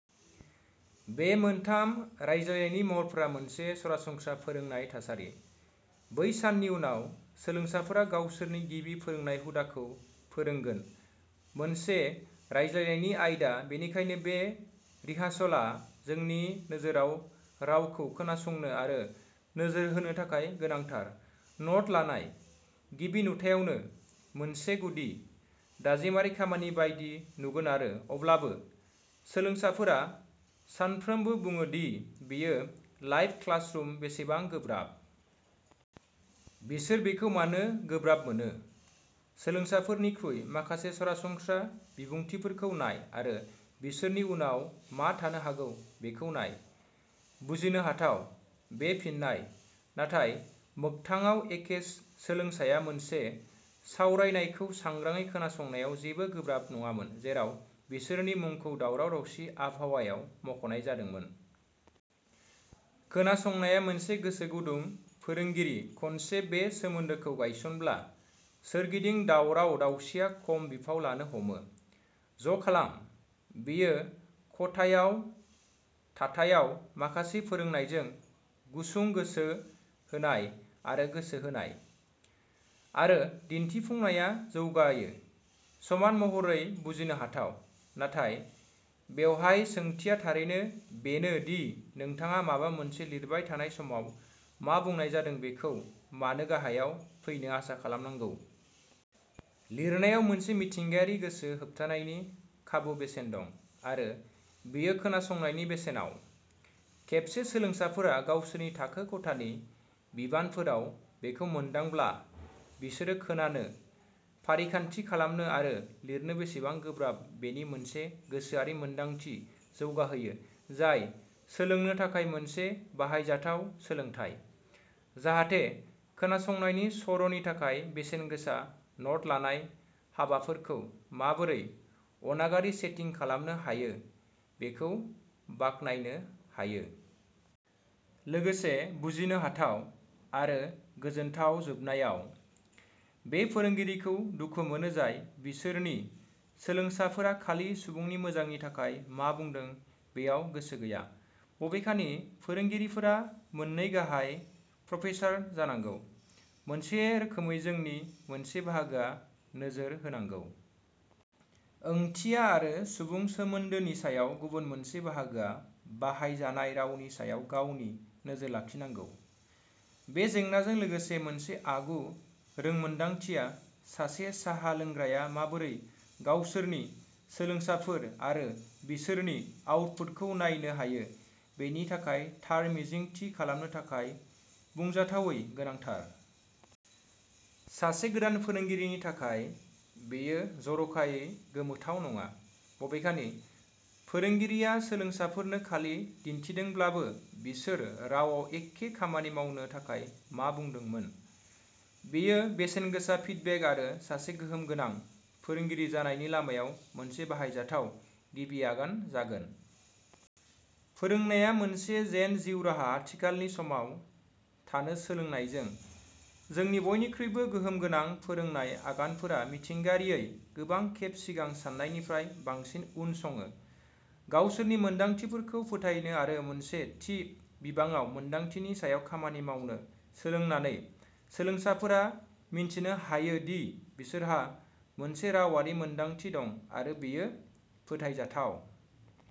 बे मोनथाम रायज्लायनायनि महरफोरा मोनसे सरासनस्रा फोरोंनाय थासारि। बै साननि उनाव, सोलोंसाफोरा गावसोरनि गिबि फोरोंनाय हुदाखौ फोरोंगोन मोनसे रायज्लायनायनि आयदा बेनिखायनो बे रिहासलआ जोंनि नोजोराव रावखौ खोनासंनो आरो नोजोर होनो थाखाय गोनांथार। न'ट लानाय, गिबि नुथायावनो, मोनसे गुदि, दाजेमारि खामानि बायदि नुगोन आरो अब्लाबो, सोलोंसाफोरा सानफ्रोमबो बुङो दि बेयो लाइभ क्लासरुम बेसेबां गोब्राब। बेसोर बेखौ मानो गोब्राब मोनो? सोलोंसाफोरनिख्रुइ माखासे सरासनस्रा बिबुंथिफोरखौ नाय आरो बिसोरनि उनाव मा थानो हागौ बेखौ नाय। बुजिनो हाथाव, बे फिननाय, नाथाय मोगथाङाव एखे सोलोंसाया मोनसे सावरायनायखौ सांग्राङै खोनासंनायाव जेबो गोब्राब नङामोन जेराव बिसोरनि मुंखौ दावराव दावसि आबहावायाव मख'नाय जादोंमोन। खोनासंनाया मोनसे गोसो गुदुं फोरोंगिरि खनसे बे सोमोन्दोखौ गायसनब्ला, सोरगिदिं दावराव दावसिया खम बिफाव लानो हमो। ज'खालाम! बेयो खथायाव थाथायाव माखासे फोरोंनायजों, गुसुं गोसो होनाय आरो गोसो होनाय, आरो दिन्थिफुंनाया जौगायो। समान महरै बुजिनो हाथाव, नाथाय बेवहाय सोंथिया थारैनो बेनो दि नोंथाङा माबा मोनसे लिरबाय थानाय समाव मा बुंनाय जादों बेखौ मानो गाहायाव फैनो आसा खालामनांगौ? लिरनायाव मोनसे मिथिंगायारि गोसो होबथानायनि खाबु बेसेन दं, आरो बियो खोनासंनायनि बेसेनाव। खेबसे सोलोंसाफोरा गावसोरनि थाखो खथानि बिबानफोराव बेखौ मोनदांब्ला, बिसोरो खोनानो, फारिखान्थि खालामनो आरो लिरनो बेसेबां गोब्राब बेनि मोनसे गोसोआरि मोनदांथि जौगाहोयो जाय सोलोंनो थाखाय मोनसे बाहायजाथाव सोलोंथाय, जाहाथे खोनासंनायनि सर'नि थाखाय बेसेन गोसा न'ट लानाय हाबाफोरखौ माबोरै अनागारि सेटिं खालामनो हायो बेखौ बाखनायनो हायो। लोगोसे बुजिनो हाथाव, आरो गोजोनथाव जोबनायाव, बे फोरोंगिरिखौ दुखु मोनो जाय बिसोरनि सोलोंसाफोरा खालि सुबुंनि मोजांनि थाखाय मा बुंदों बेयाव गोसो गैया। बबेखानि, फोरोंगिरिफोरा मोन्नै गाहाय प्रसेसर जानांगौ, मोनसे रोखोमै जोंनि मोनसे बाहागोआ नोजोर होनांगौ। ओंथिया आरो सुबुं सोमोनदोनि सायाव गुबुन मोनसे बाहागोआ बाहायजानाय रावनि सायाव गावनि नोजोर लाखिनांगौ। बे जेंनाजों लोगोसे मोनसे आगु रोंमोनदांथिया सासे साहा लोंग्राया माबोरै गावसोरनि सोलोंसाफोर आरो बिसोरनि आउटपुटखौ नायनो हायो बेनि थाखाय थार मिजिं थि खालामनो थाखाय बुंजाथावै गोनांथार। सासे गोदान फोरोंगिरिनि थाखाय, बेयो जर'खायै गोमोथाव नङा। बबेखानि, फोरोंगिरिया सोलोंसाफोरनो खालि दिन्थिदोंब्लाबो बिसोर रावआव एखे खामानि मावनो थाखाय मा बुंदोंमोन, बेयो बेसेनगोसा फिडबेक आरो सासे गोहोमगोनां फोरोंगिरि जानायनि लामायाव मोनसे बाहायजाथाव गिबि आगान जागोन। फोरोंनाया मोनसे जेन जिउ राहा आथिखालनि समाव थानो सोलोंनायजों, जोंनि बयनिख्रुइबो गोहोमगोनां फोरोंनाय आगानफोरा मिथिंगायारियै गोबां खेब सिगां सान्नायनिफ्राय बांसिन उनसङो। गावसोरनि मोनदांथिफोरखौ फोथायनो आरो मोनसे थि बिबाङाव मोनदांथिनि सायाव खामानि मावनो सोलोंनानै, सोलोंसाफोरा मिथिनो हायो दि बिसोरहा मोनसे रावारि मोनदांथि दं आरो बेयो फोथायजाथाव।